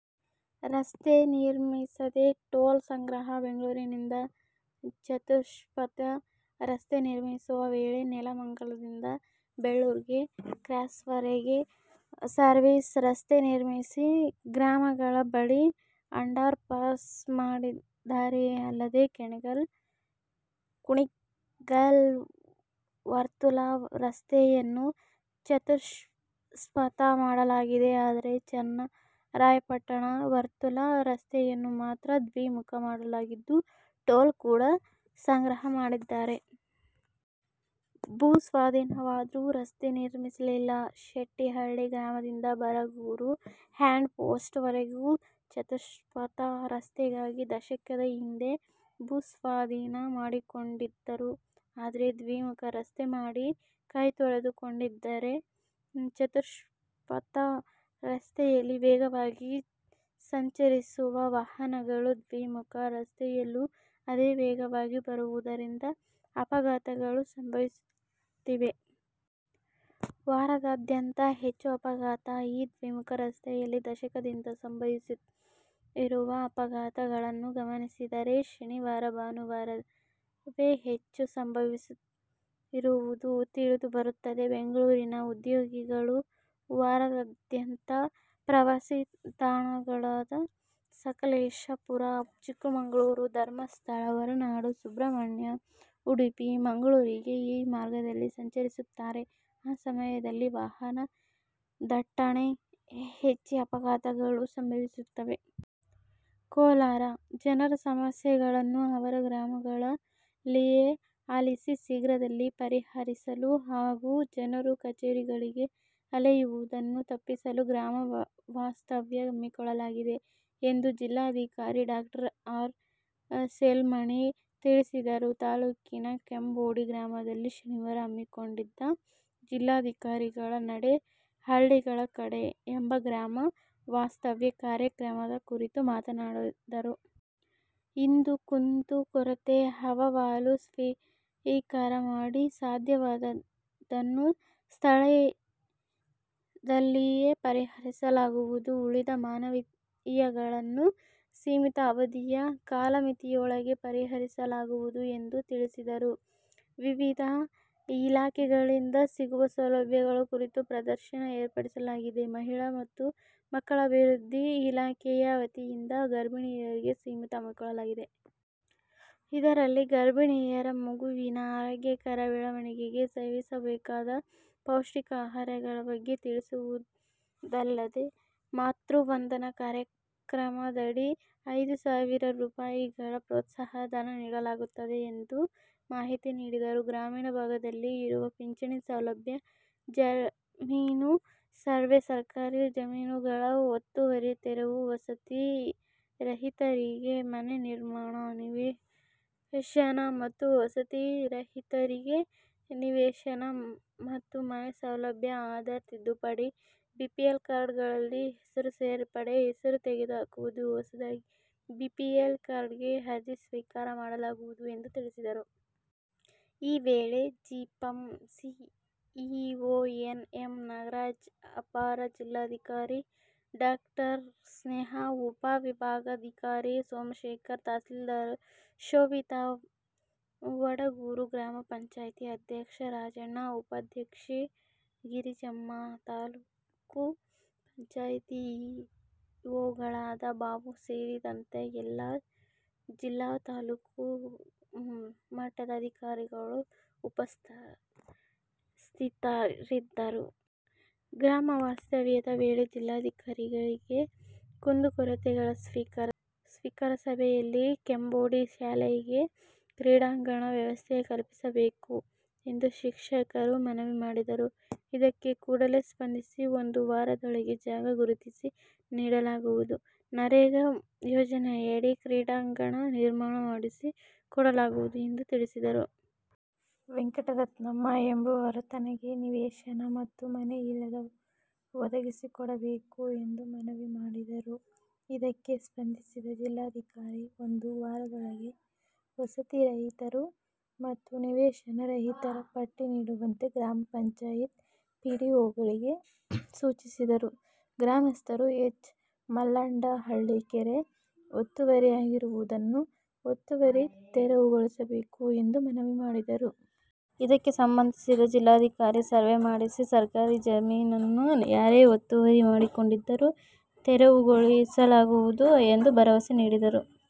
ರಸ್ತೆ ನಿರ್ಮಿಸದೆ ಟೋಲ್ ಸಂಗ್ರಹ: ಬೆಂಗಳೂರಿನಿಂದ ಚತುಷ್ಪಥ ರಸ್ತೆ ನಿರ್ಮಿಸುವ ವೇಳೆ ನೆಲಮಂಗಲದಿಂದ ಬೆಳ್ಳೂರು ಕ್ರಾಸ್ವರೆಗೆ ಸರ್ವಿಸ್ ರಸ್ತೆ ನಿರ್ಮಿಸಿ, ಗ್ರಾಮಗಳ ಬಳಿ ಅಂಡರ್ಪಾಸ್ ಮಾಡಿದ್ದಾರೆ. ಅಲ್ಲದೆ, ಕುಣಿಗಲ್ ವರ್ತುಲ ರಸ್ತೆಯನ್ನು ಚತುಷ್ಪಥ ಮಾಡಲಾಗಿದೆ. ಆದರೆ, ಚನ್ನರಾಯಪಟ್ಟಣ ವರ್ತುಲ ರಸ್ತೆಯನ್ನು ಮಾತ್ರ ದ್ವಿಮುಖ ಮಾಡಲಾಗಿದ್ದು, ಟೋಲ್ ಕೂಡ ಸಂಗ್ರಹ ಮಾಡುತ್ತಿದ್ದಾರೆ. ಭೂ ಸ್ವಾಧೀನವಾದ್ರೂ ರಸ್ತೆ ನಿರ್ಮಿಸಿಲ್ಲ: ಶೆಟ್ಟಿಹಳ್ಳಿ ಗ್ರಾಮದಿಂದ ಬರಗೂರು ಹ್ಯಾಂಡ್ ಪೋಸ್ಟ್ ವರೆಗೆ ಚತುಷ್ಪಥ ರಸ್ತೆಗಾಗಿ ದಶಕದ ಹಿಂದೆ ಭೂಸ್ವಾಧೀನ ಮಾಡಿಕೊಂಡಿದ್ದರು. ಆದರೆ, ದ್ವಿಮುಖ ರಸ್ತೆ ಮಾಡಿ ಕೈತೊಳೆದು ಕೊಂಡಿದ್ದಾರೆ. ಚತುಷ್ಪಥ ರಸ್ತೆಯಲ್ಲಿ ವೇಗವಾಗಿ ಸಂಚರಿಸುವ ವಾಹನಗಳು ದ್ವಿಮುಖ ರಸ್ತೆಯಲ್ಲೂ ಅದೇ ವೇಗವಾಗಿ ಬರುವುದರಿಂದ ಅಪಘಾತಗಳು ಸಂಭವಿಸುತ್ತಿವೆ. ವಾರಾಂತ್ಯದಲ್ಲಿ ಹೆಚ್ಚು ಅಪಘಾತ: ಈ ದ್ವಿಮುಖ ರಸ್ತೆಯಲ್ಲಿ ದಶಕದಿಂದ ಸಂಭವಿಸಿರುವ ಅಪಘಾತ ಗಳನ್ನು ಗಮನಿಸಿದರೆ ಶನಿವಾರ-ಭಾನುವಾರವೇ ಹೆಚ್ಚು ಸಂಭವಿಸಿರುವುದು ತಿಳಿದು ಬರುತ್ತದೆ. ಬೆಂಗಳೂರಿನ ಉದ್ಯೋಗಿಗಳು ವಾರಾಂತ್ಯದಲ್ಲಿ ಪ್ರವಾಸಿ ತಾಣಗಳಾದ ಸಕಲೇಶಪುರ, ಚಿಕ್ಕಮಗಳೂರು, ಧರ್ಮಸ್ಥಳ, ಹೊರನಾಡು, ಸುಬ್ರಹ್ಮಣ್ಯ, ಉಡುಪಿ, ಮಂಗಳೂರಿಗೆ ಈ ಮಾರ್ಗದಲ್ಲಿ ಸಂಚರಿಸುತ್ತಾರೆ. ಆ ಸಮಯದಲ್ಲಿ ವಾಹನ ದಟ್ಟಣೆ ಹೆಚ್ಚಿ ಅಪಘಾತಗಳು ಸಂಭವಿಸುತ್ತವೆ. ಕೋಲಾರ: ಜನರ ಸಮಸ್ಯೆಗಳನ್ನು ಅವರ ಗ್ರಾಮಗಳ ಲ್ಲಿಯೇ ಆಲಿಸಿ ಶೀಘ್ರದಲ್ಲಿ ಪರಿಹರಿಸಲು ಹಾಗೂ ಜನರು ಕಚೇರಿಗಳಿಗೆ ಅಲೆಯುವುದನ್ನು ತಪ್ಪಿಸಲು ಗ್ರಾಮ ವಾಸ್ತವ್ಯ ಹಮ್ಮಿಕೊಳ್ಳಲಾಗಿದೆ ಎಂದು ಜಿಲ್ಲಾ ಧಿಕಾರಿ ಡಾ. ಆರ್. ಸೆಲ್ವಮಣಿ ತಿಳಿಸಿದರು. ತಾಲೂಕಿನ ಕೆಂಬೋಡಿ ಗ್ರಾಮದಲ್ಲಿ ಶನಿವಾರ ಹಮ್ಮಿ ಕೊಂಡಿದ್ದ "ಜಿಲ್ಲಾಧಿಕಾರಿಗಳ ನಡೆ ಹಳ್ಳಿಯ ಕಡೆ' ಎಂಬ ಗ್ರಾಮ ವಾಸ್ತವ್ಯ ಕಾರ್ಯ ಕ್ರಮದ ಕುರಿತು ಮಾತನಾಡಿದರು. ಇಂದೂ ಕುಂದು ಕೊರತೆ ಅಹವಾಲು ಸ್ವೀಕಾರ ಮಾಡಿ ಸಾಧ್ಯವಾದದ್ದನ್ನು ಸ್ಥಳದಲ್ಲಿಯೇ ಪರಿಹರಿಸಲಾಗುವುದು. ಉಳಿದ ಮನವಿಗಳನ್ನು ಸೀಮಿತ ಅವಧಿಯ ಕಾಲಮಿತಿಯೊಳಗೆ ಪರಿಹರಿಸಲಾಗುವುದು ಎಂದು ತಿಳಿಸಿದರು. ವಿವಿಧ ಇಲಾಖೆಗಳಿಂದ ಸಿಗುವ ಸೌಲಭ್ಯಗಳ ಕುರಿತು ಪ್ರದರ್ಶನ ಏರ್ಪಡಿಸಲಾಗಿದೆ. ಮಹಿಳಾ ಮತ್ತು ಮಕ್ಕಳ ಅಭಿವೃದ್ಧಿ ಇಲಾಖೆಯ ವತಿಯಿಂದ ಗರ್ಭಿಣಿಯರಿಗೆ ಸೀಮಂತ ಹಮ್ಮಿಕೊಳ್ಳಲಾಗಿದೆ. ಇದರಲ್ಲಿ ಗರ್ಭಿಣಿಯರ ಮಗುವಿನ ಆರೋಗ್ಯಕರ ಬೆಳವಣಿಗೆಗೆ ಸೇವಿಸಬೇಕಾದ ಪೌಷ್ಟಿಕ ಆಹಾರಗಳ ಬಗ್ಗೆ ತಿಳಿಸುವುದಲ್ಲದೆ, ಮಾತೃ ವಂದನಾ ಕಾರ್ಯಕ್ರಮದಡಿ ಐದು ಸಾವಿರ ರೂಪಾಯಿಗಳ ಪ್ರೋತ್ಸಾಹ ಧನ ನೀಡಲಾಗುತ್ತದೆ ಎಂದು ಮಾಹಿತಿ ನೀಡಿದರು. ಗ್ರಾಮೀಣ ಭಾಗದಲ್ಲಿ ಇರುವ ಪಿಂಚಣಿ ಸೌಲಭ್ಯ, ಜಮೀನು ಸರ್ವೇ, ಸರ್ಕಾರಿ ಜಮೀನು ಗಳ ಒತ್ತುವರಿ ತೆರವು, ವಸತಿ ರಹಿತರಿಗೆ ಮನೆ ನಿರ್ಮಾಣ, ನಿವೇಶನ ಮತ್ತು ವಸತಿ ರಹಿತರಿಗೆ ನಿವೇಶನ ಮತ್ತು ಮನೆ ಸೌಲಭ್ಯ, ಆಧಾರ್ ತಿದ್ದುಪಡಿ, ಬಿಪಿಎಲ್ ಕಾರ್ಡ್ ಗಳಲ್ಲಿ ಹೆಸರು ಸೇರ್ಪಡೆ, ಹೆಸರು ತೆಗೆದು ಹಾಕುವುದು, ಹೊಸದಾಗಿ ಬಿಪಿಎಲ್ ಕಾರ್ಡ್ಗೆ ಅರ್ಜಿ ಸ್ವೀಕಾರ ಮಾಡಲಾಗುವುದು ಎಂದು ತಿಳಿಸಿದರು. ಈ ವೇಳೆ ಜಿಪಂ C E O N. M. Nagaraj, ಅಪರ ಜಿಲ್ಲಾ ಧಿಕಾರಿ ಡಾಕ್ಟರ್. ಸ್ನೇಹಾ, ಉಪ ವಿಭಾಗಾಧಿಕಾರಿ ಸೋಮಶೇಖರ್, ತಹಶೀಲ್ದಾರ್ ಶೋಭಿತಾ, ವಡಗೂರು ಗ್ರಾಮ ಪಂಚಾಯತ್ ಅಧ್ಯಕ್ಷ ರಾಜಣ್ಣ, ಉಪಾಧ್ಯಕ್ಷೆ ಗಿರಿಜಮ್ಮ, ತಾಲ್ಲೂಕು ಪಂಚಾಯತ್ ಇ ಒ ಗಳಾದ ಬಾಬು ಸೇರಿದಂತೆ ಜಿಲ್ಲಾ ಹಾಗೂ ತಾಲೂಕು ಮಟ್ಟದ ಅಧಿಕಾರಿಗಳು ಉಪಸ್ಥಿತರಿದ್ದರು. ಗ್ರಾಮ ವಾಸ್ತವ್ಯದ ವೇಳೆ ಜಿಲ್ಲಾಧಿಕಾರಿಗೆ ಕುಂದು ಕೊರತೆಗಳ ಸ್ವೀಕಾರ ಸಭೆಯಲ್ಲಿ ಕೆಂಬೋಡಿ ಶಾಲೆಗೆ ಕ್ರೀಡಾಂಗಣ ವ್ಯವಸ್ಥೆ ಕಲ್ಪಿಸಬೇಕು ಎಂದು ಶಿಕ್ಷಕರು ಮನವಿ ಮಾಡಿದರು. ಇದಕ್ಕೆ ಕೂಡಲೇ ಸ್ಪಂದಿಸಿ ಒಂದು ವಾರದೊಳಗೆ ಜಾಗ ಗುರುತಿಸಿ ನೀಡಲಾಗುವುದು. ನರೇಗಾ ಯೋಜನೆಯಡಿ ಕ್ರೀಡಾಂಗಣ ನಿರ್ಮಾಣ ಮಾಡಿಸಿ ಕೊಡಲಾಗುವುದು ಎಂದು ತಿಳಿಸಿದರು. ವೆಂಕಟರತ್ನಮ್ಮ ಎಂಬವರು ತನಗೆ ನಿವೇಶನ ಮತ್ತು ಮನೆ ಇಲ್ಲ ಒದಗಿಸಿಕೊಡಬೇಕು ಎಂದು ಮನವಿ ಮಾಡಿದರು. ಇದಕ್ಕೆ ಸ್ಪಂದಿಸಿದ ಜಿಲ್ಲಾಧಿಕಾರಿ, ಒಂದು ವಾರದೊಳಗೆ ವಸತಿ ರಹಿತರು ಮತ್ತು ನಿವೇಶನ ರಹಿತರ ಪಟ್ಟಿ ನೀಡುವಂತೆ ಗ್ರಾಮ ಪಂಚಾಯತ್ ಪಿ ಡಿ ಒಗಳಿಗೆ ಸೂಚಿಸಿದರು. ಗ್ರಾಮಸ್ಥರು ಎಚ್. ಮಲ್ಲಾಂಡಹಳ್ಳಿ ಕೆರೆ ಒತ್ತುವರಿ ಆಗಿರುವುದನ್ನು ಒತ್ತುವರಿ ತೆರವುಗೊಳಿಸಬೇಕು ಎಂದು ಮನವಿ ಮಾಡಿದರು. ಇದಕ್ಕೆ ಸ್ಪಂದಿಸಿದ ಜಿಲ್ಲಾಧಿಕಾರಿ, ಸರ್ವೇ ಮಾಡಿಸಿ ಸರ್ಕಾರಿ ಜಮೀನನ್ನು ಯಾರೇ ಒತ್ತುವರಿ ಮಾಡಿಕೊಂಡಿದ್ದರೂ ತೆರವುಗೊಳಿ ಸಲಾಗುವುದು ಎಂದು ಭರವಸೆ ನೀಡಿದರು.